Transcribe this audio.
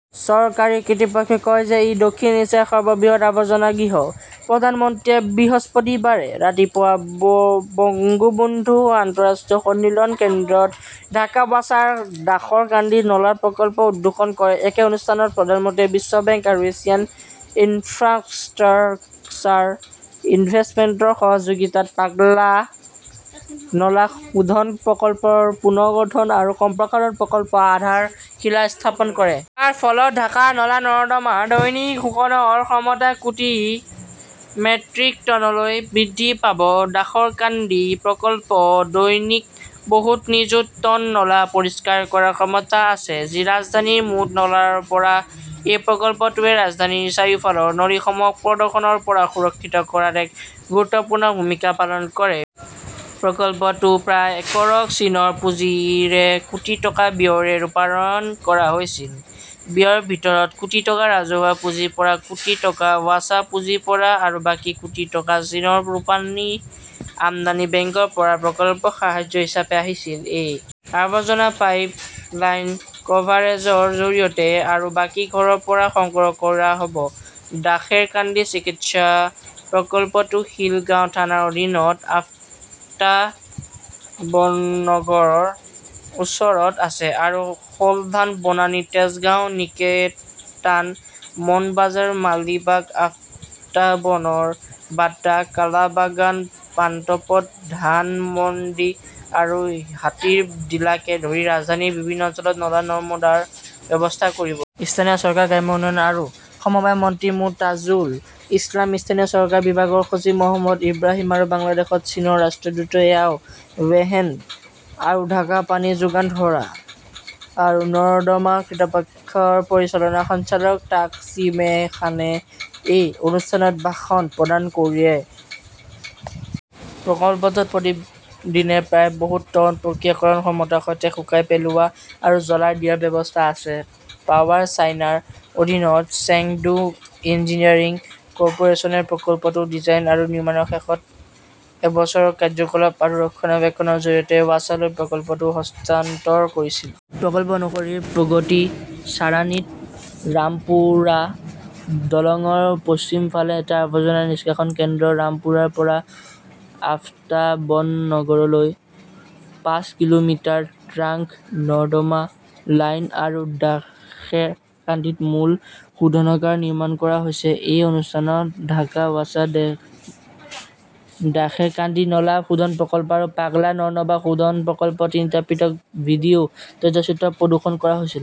চৰকাৰী কৰ্তৃপক্ষই কয় যে ই দক্ষিণ এছিয়াৰ সৰ্ববৃহৎ আৱৰ্জনাগৃহ। প্ৰধানমন্ত্ৰীয়ে বৃহস্পতিবাৰে ৰাতিপুৱা বঙ্গবন্ধু আন্তঃৰাষ্ট্ৰীয় সন্মিলন কেন্দ্ৰত ঢাকা ৱাছাৰ দাসৰকান্দি নলা প্ৰকল্প উদ্বোধন কৰে। একে অনুষ্ঠানত প্ৰধানমন্ত্ৰীয়ে বিশ্ব বেংক আৰু এছিয়ান ইনফ্ৰাষ্ট্ৰাকচাৰ ইনভেষ্টমেণ্ট ৰ সহযোগিতাত পাগলা নলা শোধন প্ৰকল্পৰ পুনৰ্গঠন আৰু সম্প্ৰসাৰণ প্ৰকল্পৰ আধাৰশিলা স্থাপন কৰে। ইয়াৰ ফলত ঢাকাৰ নলা-নৰ্দমাৰ দৈনিক শোধন ক্ষমতা কোটি মেট্ৰিক টনলৈ বৃদ্ধি পাব। দাসৰকান্দি প্ৰকল্পত দৈনিক বহুত নিযুত টন নলা পৰিষ্কাৰ কৰাৰ ক্ষমতা আছে, যি ৰাজধানীৰ মুঠ নলাৰ ৰ পৰা। এই প্ৰকল্পটোৱে ৰাজধানীৰ চাৰিওফালৰ নদীসমূহক প্ৰদূষণৰ পৰা সুৰক্ষিত কৰাত এক গুৰুত্বপূৰ্ণ ভূমিকা পালন কৰিব। প্ৰকল্পটো প্ৰায় একৰত চীনৰ পুঁজিৰে কোটি টকা ব্যয়েৰে ৰূপায়ণ কৰা হৈছিল। ব্যয়ৰ ভিতৰত কোটি টকা ৰাজহুৱা পুঁজিৰ পৰা, কোটি টকা ৱাছা পুঁজিৰ পৰা আৰু বাকী কোটি টকা চীনৰ ৰপ্তানি-আমদানি বেংকৰ পৰা প্ৰকল্প সাহায্য হিচাপে আহিছিল। এই আৱৰ্জনাৰ পাইপলাইন কভাৰেজৰ জৰিয়তে আৰু বাকী ঘৰৰ পৰা সংগ্ৰহ কৰা হ 'ব। দাশেৰকান্দি চিকিৎসা প্ৰকল্পটো খিলগাঁও থানাৰ অধীনত আফতাবনগৰৰ ওচৰত আছে আৰু গুলশান, বনানী, তেজগাঁও, নিকেতান, মগবাজাৰ, মালিবাগ, আফতাবনগৰ, বাড্ডা, কালাবাগান, পান্থপথ, ধানমন্ডি আৰু হাতীৰঝিলকে ধৰি ৰাজধানীৰ বিভিন্ন অঞ্চলত নলা-নৰ্দমাৰ ব্যৱস্থা কৰিব। স্থানীয় চৰকাৰ, গ্ৰাম্য উন্নয়ন আৰু সমবায় মন্ত্ৰী মো. তাজুল ইছলাম, স্থানীয় চৰকাৰ বিভাগৰ সচিব মহম্মদ ইব্ৰাহিম আৰু বাংলাদেশত চীনৰ ৰাষ্ট্ৰদূত ইয়াও ৱেইন আৰু ঢাকা পানী যোগান আৰু নৰ্দমা কৰ্তৃপক্ষৰ পৰিচালন সঞ্চালক তাকসিম এ খানে এই অনুষ্ঠানত ভাষণ প্ৰদান কৰে। প্ৰকল্পটোত প্ৰতিদিনে প্ৰায় বহুত টন প্ৰক্ৰিয়াকৰণ ক্ষমতাৰ সৈতে শুকাই পেলোৱা আৰু জ্বলাই দিয়াৰ ব্যৱস্থা আছে। পাৱাৰ চাইনাৰ অধীনত চেংডু ইঞ্জিনিয়াৰিং কৰ্পোৰেচনে প্ৰকল্পটোৰ ডিজাইন আৰু নিৰ্মাণৰ শেষত এবছৰৰ কাৰ্য্যকলাপ আৰু ৰক্ষণাবেক্ষণৰ জৰিয়তে ৱাছালৈ প্ৰকল্পটো হস্তান্তৰ কৰিছিল। প্ৰকল্প অনুসৰি, প্ৰগতি ছাৰানীত ৰামপুৰা দলংৰ পশ্চিম ফালে এটা আৱৰ্জনা নিষ্কাশন কেন্দ্ৰ, ৰামপুৰাৰ পৰা আফতাবনগৰলৈ পাঁচ কিলোমিটাৰ ট্ৰাংক নৰ্দমা লাইন আৰু দাশেৰকাণ্ডীত মূল শোধনাগাৰ নিৰ্মাণ কৰা হৈছে। এই অনুষ্ঠানত ঢাকা ৱাছা, দাশেৰকান্দি নলা শোধন প্ৰকল্প আৰু পাগলা নৰ্দমা শোধন প্ৰকল্পৰ তিনিটা পৃথক ভিডিঅ 'তথ্যচিত্ৰ প্ৰদৰ্শন কৰা হৈছিল।